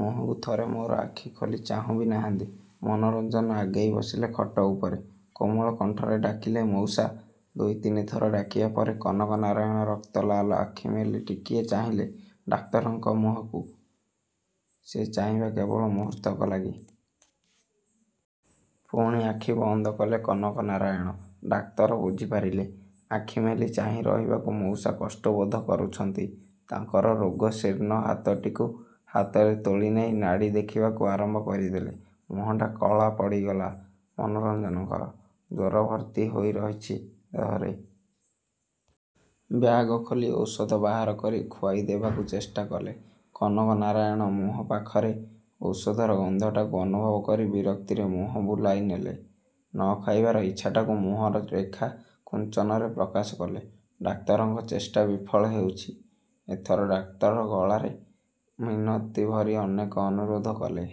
ମୁହଁକୁ ଥରେ ମୋର ଆଖି ଖୋଲି ଚାହୁଁ ବି ନାହାନ୍ତି। ମନୋରଞ୍ଜନ ଆଗେଇ ବସିଲେ ଖଟ ଉପରେ। କୋମଳ କଣ୍ଠରେ ଡାକିଲେ, ମଉସା! ଦୁଇ ତିନିଥର ଡାକିବା ପରେ କନକନାରାୟଣ ରକ୍ତଲାଲ ଆଖି ମେଲି ଟିକିଏ ଚାହିଁଲେ ଡାକ୍ତରଙ୍କ ମୁହଁକୁ। ସେ ଚାହିଁବା କେବଳ ମୁହୂର୍ତ୍ତକ ଲାଗି। ପୁଣି ଆଖି ବନ୍ଦ କଲେ କନକନାରାୟଣ। ଡାକ୍ତର ବୁଝି ପାରିଲେ, ଆଖି ମେଲି ଚାହିଁ ରହିବାକୁ ମଉସା କଷ୍ଟବୋଧ କରୁଛନ୍ତି। ତାଙ୍କର ରୋଗ-ଶୀର୍ଣ୍ଣ ହାତଟିକୁ ହାତରେ ତୋଳି ନେଇ ନାଡ଼ି ଦେଖିବାକୁ ଆରମ୍ଭ କରିଦେଲେ। ମୁହଁଟା କଳା ପଡ଼ିଗଲା ମନୋରଞ୍ଜନଙ୍କର। ଜ୍ୱର ଭର୍ତ୍ତି ହୋଇ ରହିଛି ଦେହରେ। ବ୍ୟାଗ୍ ଖୋଲି ଔଷଧ ବାହାର କରି ଖୁଆଇ ଦେବାକୁ ଚେଷ୍ଟା କଲେ। କନକନାରାୟଣ ମୁହଁ ପାଖରେ ଔଷଧର ଗନ୍ଧଟାକୁ ଅନୁଭବ କରି ବିରକ୍ତିରେ ମୁହଁ ବୁଲାଇ ନେଲେ। ନ ଖାଇବାର ଇଚ୍ଛାଟାକୁ ମୁହଁର ରେଖା କୁଞ୍ଚନରେ ପ୍ରକାଶ କଲେ। ଡାକ୍ତରଙ୍କ ଚେଷ୍ଟା ବିଫଳ ହେଉଛି। ଏଥର ଡାକ୍ତର ଗଳାରେ ମିନତି ଭରି ଅନେକ ଅନୁରୋଧ କଲେ।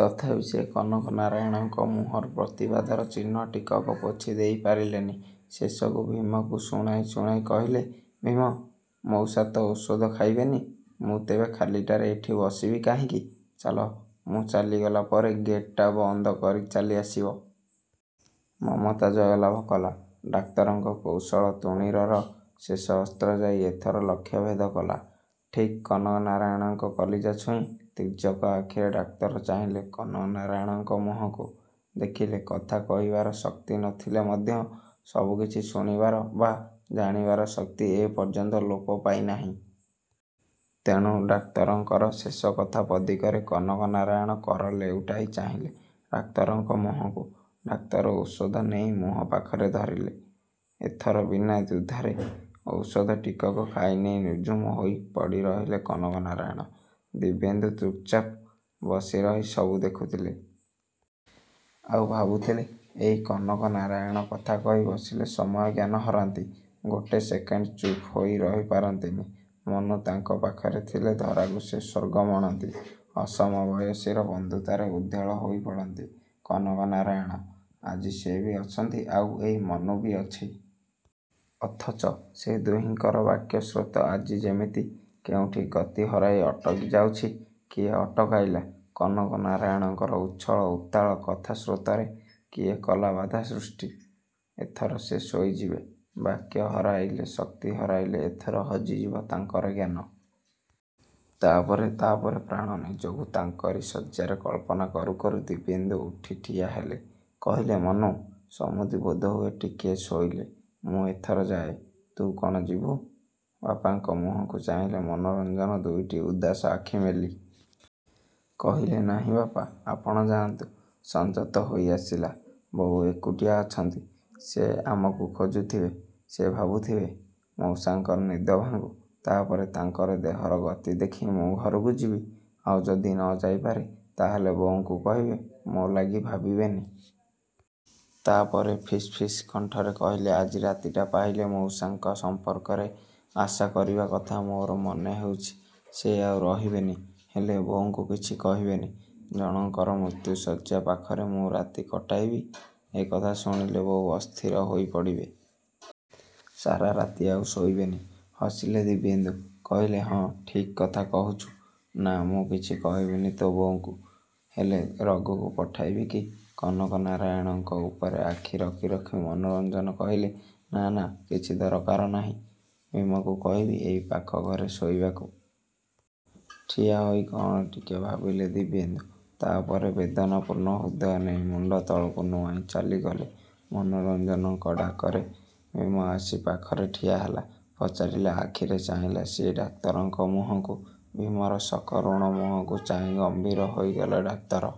ତଥାପି ସେ କନକନାରାୟଣଙ୍କ ମୁହଁରୁ ପ୍ରତିବାଦର ଚିହ୍ନଟିକକ ପୋଛି ଦେଇ ପାରିଲେନି। ଶେଷକୁ, ଭୀମକୁ ଶୁଣାଇ ଶୁଣାଇ କହିଲେ, ଭୀମ! ମଉସା ତ ଔଷଧ ଖାଇବେନି। ମୁଁ ତେବେ ଖାଲିଟାରେ ଏଠି ବସିବି କାହିଁକି? ଚାଲ, ମୁଁ ଚାଲିଗଲା ପରେ ଗେଟ୍‌ଟା ବନ୍ଦ କରି ଚାଲି ଆସିବ। ମମତା ଜୟଲାଭ କଲା। ଡାକ୍ତରଙ୍କ କୌଶଳ ତୁଣୀରର ଶେଷ ଅସ୍ତ୍ର ଯାଇ ଏଥର ଲକ୍ଷ୍ୟଭେଦ କଲା, ଠିକ୍ କନକନାରାୟଣଙ୍କ କଲିଜା ଛୁଇଁ। ତୀର୍ଯ୍ୟକ ଆଖିରେ ଡାକ୍ତର ଚାହିଁଲେ କନକନାରାୟଣଙ୍କ ମୁହଁକୁ। ଦେଖିଲେ, କଥା କହିବାର ଶକ୍ତି ନ ଥିଲେ ମଧ୍ୟ ସବୁ କିଛି ଶୁଣିବାର ବା ଜାଣିବାର ଶକ୍ତି ଏ ପର୍ଯ୍ୟନ୍ତ ଲୋପ ପାଇନାହିଁ। ତେଣୁ ଡାକ୍ତରଙ୍କର ଶେଷକଥା ପଦିକରେ କନକନାରାୟଣ କର ଲେଉଟାଇ ଚାହିଁଲେ ଡାକ୍ତରଙ୍କ ମୁହଁକୁ। ଡାକ୍ତର ଔଷଧ ନେଇ ମୁହଁ ପାଖରେ ଧରିଲେ। ଏଥର ବିନା ଦ୍ୱିଧାରେ ଔଷଧ ଟିକକ ଖାଇନେଇ ନିଝୁମ ହୋଇ ପଡ଼ି ରହିଲେ କନକନାରାୟଣ। ଦିବ୍ୟେନ୍ଦୁ ଚୁପ୍‌ଚାପ୍ ବସି ରହି ସବୁ ଦେଖୁଥିଲେ। ଆଉ ଭାବୁଥିଲେ ଏଇ କନକନାରାୟଣ କଥା କହି ବସିଲେ ସମୟ ଜ୍ଞାନ ହରାନ୍ତି। ଗୋଟେ ସେକେଣ୍ଡ ଚୁପ୍ ହୋଇ ରହି ପାରନ୍ତିନି। ମନୁ ତାଙ୍କ ପାଖରେ ଥିଲେ ଧରାକୁ ସେ ସ୍ୱର୍ଗ ମଣନ୍ତି। ଅସମବୟସୀର ବନ୍ଧୁତାରେ ଉଦ୍ଦେଳ ହୋଇ ପଡ଼ନ୍ତି କନକନାରାୟଣ। ଆଜି ସେ ବି ଅଛନ୍ତି ଆଉ ଏଇ ମନୁ ବି ଅଛି। ଅଥଚ ସେ ଦୁହିଁଙ୍କର ବାକ୍ୟ ସ୍ରୋତ ଆଜି ଯେମିତି କେଉଁଠି ଗତି ହରାଇ ଅଟକି ଯାଉଛି। କିଏ ଅଟକାଇଲା? କନକନାରାୟଣଙ୍କର ଉଚ୍ଛଳ, ଉତ୍ତାଳ କଥା-ସ୍ରୋତରେ କିଏ କଲା ବାଧା ସୃଷ୍ଟି? ଏଥର ସେ ଶୋଇଯିବେ। ବାକ୍ୟ ହରାଇଲେ, ଶକ୍ତି ହରାଇଲେ, ଏଥର ହଜିଯିବ ତାଙ୍କର ଜ୍ଞାନ। ତା' ପରେ, ତା' ପରେ ପ୍ରାଣ। ନିଜକୁ ତାଙ୍କରି ଶଯ୍ୟାରେ କଳ୍ପନା କରୁ କରୁ ଦିବ୍ୟେନ୍ଦୁ ଉଠି ଠିଆ ହେଲେ। କହିଲେ ମନୁ, ସମୁଦି ବୋଧହୁଏ ଟିକିଏ ଶୋଇଲେ। ମୁଁ ଏଥର ଯାଏ? ତୁ କ'ଣ ଯିବୁ? ବାପାଙ୍କ ମୁହଁକୁ ଚାହିଁଲେ ମନୋରଞ୍ଜନ ଦୁଇଟି ଉଦାସ ଆଖି ମେଲି। କହିଲେ ନାହିଁ ବାପା, ଆପଣ ଯାଆନ୍ତୁ। ସଞ୍ଜ ତ ହୋଇ ଆସିଲା। ବୋଉ ଏକୁଟିଆ ଅଛନ୍ତି। ସେ ଆମକୁ ଖୋଜୁଥିବେ, ସେ ଭାବୁଥିବେ। ମଉସାଙ୍କର ନିଦ ଭାଙ୍ଗୁ। ତା' ପରେ, ତାଙ୍କର ଦେହର ଗତି ଦେଖି ମୁଁ ଘରକୁ ଯିବି। ଆଉ ଯଦି ନ ଯାଇପାରେ, ତାହାହେଲେ ବୋଉଙ୍କୁ କହିବେ, ମୋ ଲାଗି ଭାବିବେନି। ତା' ପରେ ଫିସ୍ ଫିସ୍ କଣ୍ଠରେ କହିଲେ, ଆଜି ରାତିଟା ପାହିଲେ ମଉସାଙ୍କ ସମ୍ପର୍କରେ ଆଶା କରିବା କଥା। ମୋର ମନେ ହେଉଛି ସେ ଆଉ ରହିବେନି। ହେଲେ, ବୋଉଙ୍କୁ କିଛି କହିବେନି। ଜଣଙ୍କର ମୃତ୍ୟୁଶଯ୍ୟା ପାଖରେ ମୁଁ ରାତି କଟାଇବି ଏ କଥା ଶୁଣିଲେ ବୋଉ ଅସ୍ଥିର ହୋଇ ପଡ଼ିବେ। ସାରା ରାତି ଆଉ ଶୋଇବେନି। ହସିଲେ ଦିବ୍ୟେନ୍ଦୁ। କହିଲେ, ହଁ ଠିକ୍ କଥା କହୁଛୁ। ନା, ମୁଁ କିଛି କହିବିନି ତୋ ବୋଉଙ୍କୁ। ହେଲେ ରଘୁକୁ ପଠାଇବି କି? କନକନାରାୟଣଙ୍କ ଉପରେ ଆଖି ରଖି ମନୋରଞ୍ଜନ କହିଲେ ନାଁ, ନାଁ, କିଛି ଦରକାର ନାହିଁ। ଭୀମକୁ କହିବି ଏଇ ପାଖ ଘରେ ଶୋଇବାକୁ। ଠିଆ ହୋଇ କ'ଣ ଟିକେ ଭାବିଲେ ଦିବ୍ୟେନ୍ଦୁ। ତା' ପରେ, ବେଦନାପୂର୍ଣ୍ଣ ହୃଦୟ ନେଇ ମୁଣ୍ଡ ତଳକୁ ନୁଆଁଇ ଚାଲିଗଲେ। ମନୋରଞ୍ଜନଙ୍କ ଡାକରେ ଭୀମ ଆସି ପାଖରେ ଠିଆ ହେଲା। ପଚାରିଲା ଆଖିରେ ଚାହିଁଲା ସିଏ ଡାକ୍ତରଙ୍କ ମୁହଁକୁ। ଭୀମର ସକରୁଣ ମୁହଁକୁ ଚାହିଁ ଗମ୍ଭୀର ହୋଇଗଲେ ଡାକ୍ତର।